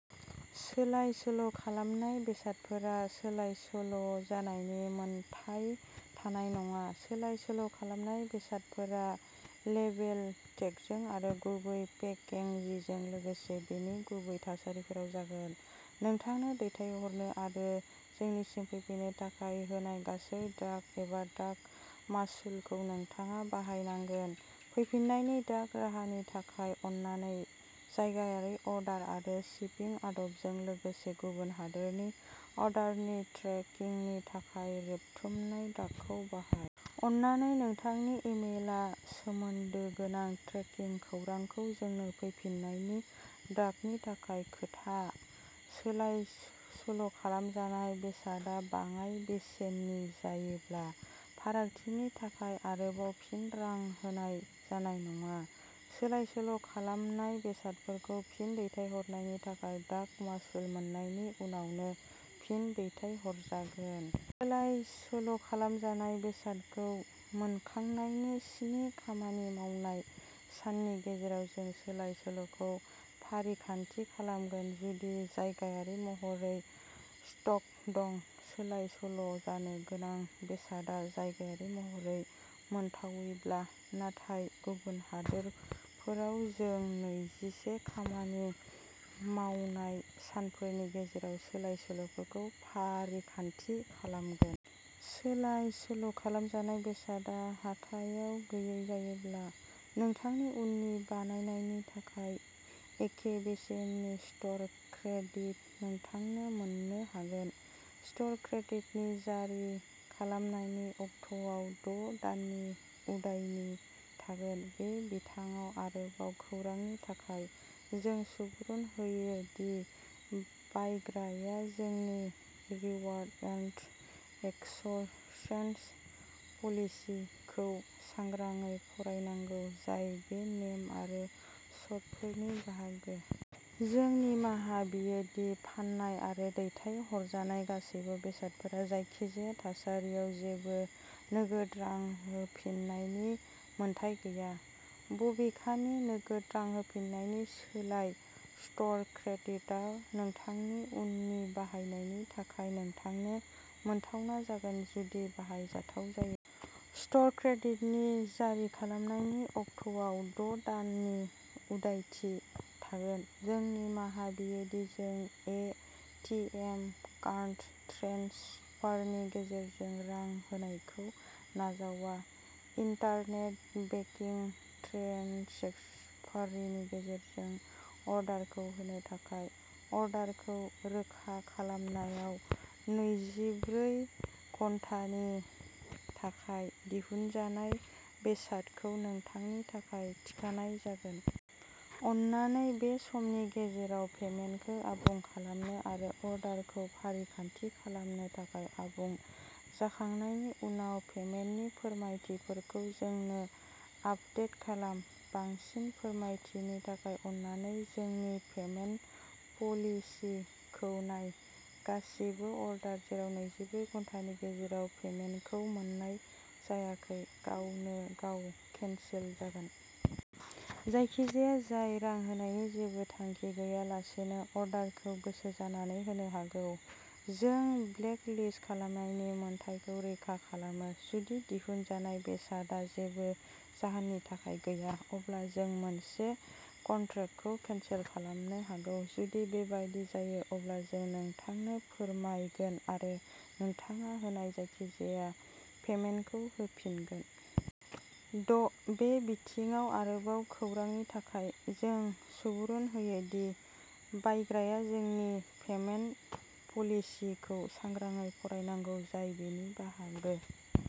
सोलाय-सोल'खालामनाय बेसादफोरा सोलाय-सोल'जानायनि मोनथाय थानाय नङा। सोलाय-सोल'खालामजानाय बेसादफोरा लेबेल/टेगफोर आरो गुबै पेकेजिंजों लोगोसे बेनि गुबै थासारिफोराव जागोन। नोंथांनो दैथायहरनो आरो जोंनिसिम फैफिननो थाखाय होनाय गासैबो डाक एबा डाक मासुलखौ नोंथाङा बाहायनांगोन। फैफिन्नायनि डाक राहानि थाखाय, अन्नानै जायगायारि अर्डार आरो शिपिं आदबजों लोगोसे गुबुन हादोरनि अर्डारनि ट्रेकिंनि थाखाय रेबथुमनाय डाकखौ बाहाय। अन्नानै नोंथांनि इमेलआव सोमोन्दो गोनां ट्रेकिं खौरांखौ जोंनो फैफिन्नायनि डाकनि थाखाय खोन्था। सोलाय-सोल'खालामजानाय बेसादआ बाङाय बेसेननि जायोब्ला, फारागथिनि थाखाय आरोबाव फिन-रां होनाय जानाय नङा। सोलाय-सोल'खालामनाय बेसादफोरखौ फिन-दैथायहरनायनि थाखाय डाक मासुल मोन्नायनि उनावनो फिन-दैथायहरजागोन। सोलाय-सोल'खालामजानाय बेसादखौ मोनखांनायनि सिन्न खामानि मावनाय साननि गेजेराव जों सोलाय-सोल'खौ फारिखान्थि खालामगोन जुदि जायगायारि महरै स्टक दं। सोलाय-सोल'जानो गोनां बेसादआ जायगायारि महरै मोनथावैब्ला। नाथाय गुबुन हादोरफोराव, जों नैजिसे खामानि मावनाय सानफोरनि गेजेराव सोलाय-सोल'खौ फारिखान्थि खालामगोन। सोलाय-सोल'खालामजानाय बेसादआ हाथाइआव गैयै जायोब्ला, नोंथांनि उननि बायनायनि थाखाय एखे बेसेननि स्ट'र क्रेडिट नोंथांनो मोन्नो हागोन। स्ट'र क्रेडिटनि जारि खालामनायनि अक्ट'आव द दाननि उदायथि थागोन। बे बिथिङाव आरोबाव खौरांनि थाखाय, जों सुबुरुन होयो दि बायग्राया जोंनि "रिटार्न एन्ड एक्सचेन्ज पलिसि" खौ सांग्राङै फरायनांगौ, जाय बे नेम आरो सर्तफोरनि बाहागो। जों निमाहा बियो दि फान्नाय आरो दैथायहरजानाय गासैबो बेसादफोरा जायखिजाया थासारियाव जेबो नोगोद रां होफिन्नायनि मोनथाय गैया। बबेखानि, नोगोद रां होफिन्नायनि सोलाय, स्ट'र क्रेडिटआ नोंथांनि उननि बायनायनि थाखाय नोंथांनो मोनथावना जागोन जुदि बाहायजाथाव जायो। स्ट'र क्रेडिटनि जारि खालामनायनि अक्ट'आव द दाननि उदायथि थागोन। जों निमाहा बियो दि जों ए. टि. एम. फान्ड ट्रेन्सफारनि गेजेरजों रां होनायखौ नाजावा। इन्टारनेट बेंकिं ट्रेन्सफारनि गेजेरजों अर्डारखौ होनो थाखाय, अर्डारखौ रोखा खालामनायाव नैजिब्रै घन्टानि थाखाय दिहुनजानाय बेसादखौ नोंथांनि थाखाय थिखानाय जागोन। अन्नानै बे समनि गेजेराव पेमेन्टखौ आबुं खालामनो आरो अर्डारखौ फारिखान्थि खालामनो थाखाय आबुं जाखांनायनि उनाव पेमेन्टनि फोरमायथिफोरखौ जोंनो आपडेट खालाम। बांसिन फोरमायथिनि थाखाय, अन्नानै जोंनि "पेमेन्ट पलिसि" खौ नाय। गासिबो अर्डार जेराव नैजिब्रै घन्टानि गेजेराव पेमेन्टखौ मोन्नाय जायाखै, गावनो गाव केन्सेल जागोन। जायखिजाया जाय रां होनायनि जेबो थांखि गैयालासेनो अर्डारखौ गोसो जानानै होनो हागौ, जों ब्लेकलिस्ट खालामनायनि मोन्थाइखौ रैखा खालामो। जुदि दिहुनजानाय बेसादआ जेबो जाहोननि थाखाय गैया, अब्ला जों मोनसे कन्ट्रेक्टखौ केन्सेल खालामनो हागौ। जुदि बेबादि जायो, अब्ला जों नोंथांनो फोरमायगोन आरो नोंथाङा होनाय जायखिजाया पेमेन्टखौ होफिनगोन। द बे बिथिङाव आरोबाव खौरांनि थाखाय, जों सुबुरुन होयो दि बायग्राया जोंनि "पेमेन्ट पलिसि" खौ सांग्राङै फरायनांगौ, जाय बेनि बाहागो।